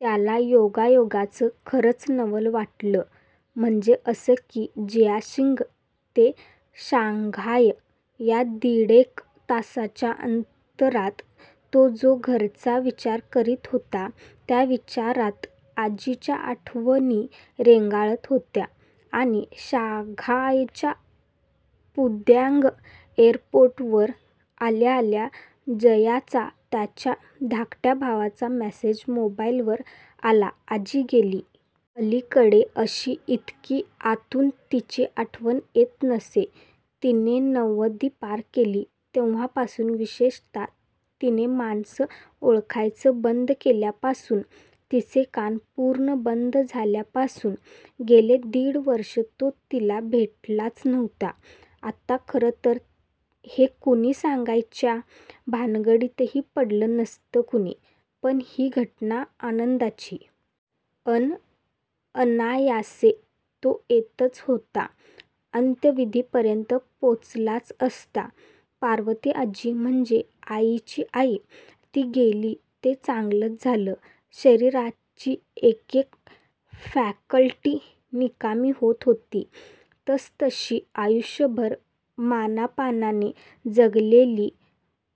त्याला योगायोगाचं खरंच नवल वाटलं. म्हणजे असं की जियाशिंग ते शांघाय या दीडेक तासांच्या अंतरात तो जो घरचा विचार करीत होता, त्या विचारांत आजीच्या आठवणी रेंगाळत होत्या. आणि शांघायच्या पुदाँग एअरपोर्टवर आल्या-आल्या, जयाचा, त्याच्या धाकट्या भावाचा मेसेज मोबाईलवर आला- आजी गेली. अलिकडे अशी, इतकी आतून तिची आठवण येत नसे. तिने नव्वदी पार केली, तेव्हापासून. विशेषत: तिने माणसं ओळखायचं बंद केल्यापासून. तिचे कान पुर्ण बाद झाल्यापासून. गेले दीड वर्षे तो तिला भेटलाच नव्हता. आता खरं तर हे कुणी सांगायच्या भानगडीतही पडलं नसतं कुणी, पण ही घटना आनंदाची! अन अनायासे तो येतच होता. अंत्यविधीपर्यंत पोचलाच असता. पार्वतीआजी म्हणजे आईची आई. ती गेली ते चांगलंच झालं. शरीराची एकेक फॅकल्टी निकामी होत होती, तसतशी आयूष्यभर मानापानाने जगलेली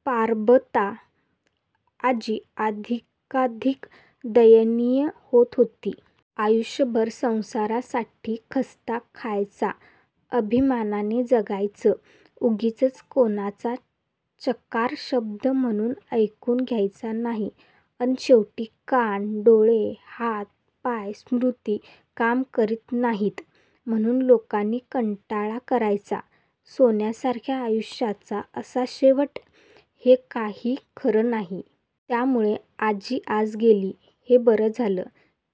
'पार्बता' आजी अधिकाधिक दयनीय होत होती. आयूष्यभर संसारासाठी खस्ता खायच्या. आभिमानाने जगायचं. उगीचच कोणाचा चकार शब्द म्हणून ऐकून घ्यायचा नाही. अन शेवटी कान, डोळे, हात, पाय, स्मृती काम करीत नाहीत, म्हणून लोकांनी कंटाळा करायचा. सोन्यासारख्या आयूष्याचा असा शेवट, हे काही खरं नाही. त्यामूळे आजी आज गेली, हे बरं झालं.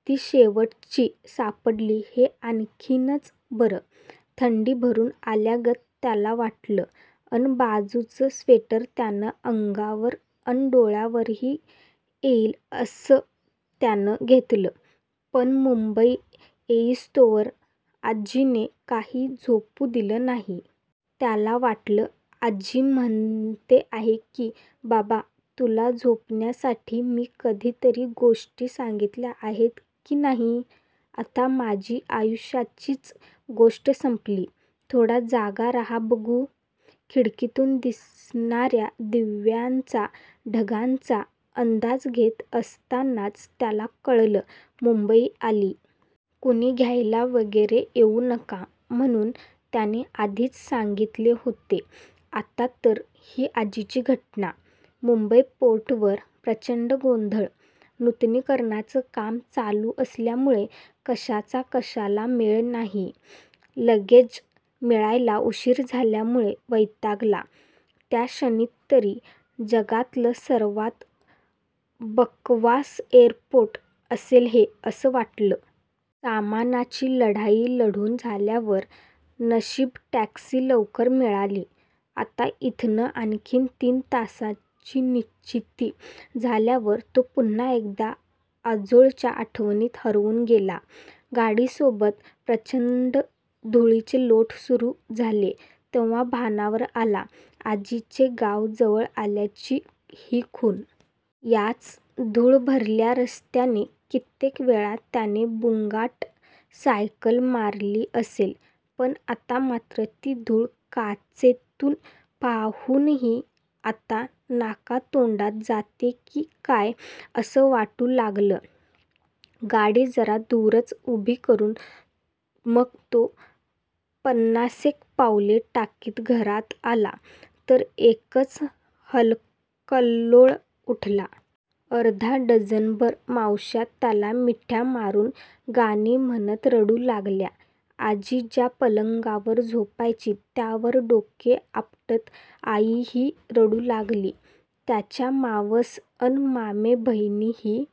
ती 'शेवटची' सापडली, हे आणखीच बरं. थंडी भरून आल्यागत त्याला वाटलं, अन बाजूचं स्वेटर त्यानं अंगावर अन डोळ्यांवरही येईल असं त्यानं घेतलं. पण मुंबई येईस्तोवर आज्जीने काही झोपू दिलं नाही. त्याला वाटलं- आजी म्हणते आहे, की बाबा, तुला झोपविण्यासाठी मी कधीतरी गोष्टी सांगितल्या आहेत की नाही? आता माझी आयूष्याचीच गोष्ट संपली. थोडा जागा राहा बघू. खिडकीतून दिसणाया दिव्यांचा, ढगांचा अंदाज घेत असतानाच त्याला कळलं, मुंबई आली. कुणी घ्यायला वगैरे येऊ नका, म्हणून त्याने आधीच सांगितले होते. आता तर ही आजीची घटना. मुंबई पोर्टवर प्रचंड गोंधळ. नुतनीकरणाचं काम चालू असल्यामूळे कशाचा कशाला मेळ नाही. लगेज मिळायला उशीर झाल्यामूळे वैतागला. त्या क्षणी तरी जगातलं सर्वात बकवास एयरपोर्ट असेल हे, असं वाटलं. सामानाची लढाई लढून झाल्यावर नशीब टॅक्सी लवकर मिळाली. आता इथनं आणखी तीन तासांची निश्चिती झाल्यावर तो पुन्हा एकदा आजोळच्या आठवणींत हरवून गेला. गाडीसोबत प्रचंड धुळीचे लोट सुरू झाले, तेव्हा भानावर आला. आजीचे गाव जवळ आल्याची ही खुण. याच धुळभरल्या रस्त्याने कित्येक वेळा त्याने बुंगाट सायकल मारली असेल, पण आता मात्र ती धुळ काचेतून पाहूनही आत्ता नाका-तोंडात जातेय की काय, असं वाटू लागलं. गाडी जरा दुरच उभी करून मग तो पन्नासेक पावले टाकीत घरात आला, तर एकच हलकल्लोळ उठला. अर्धा डझनभर मावश्या त्याला मिठ्या मारून, गाणी म्हणत रडू लागल्या. आजी ज्या पलंगावर झोपायची, त्यावर डोके आपटत आईही रडू लागली. त्याच्या मावस अन मामे बहिणी ही--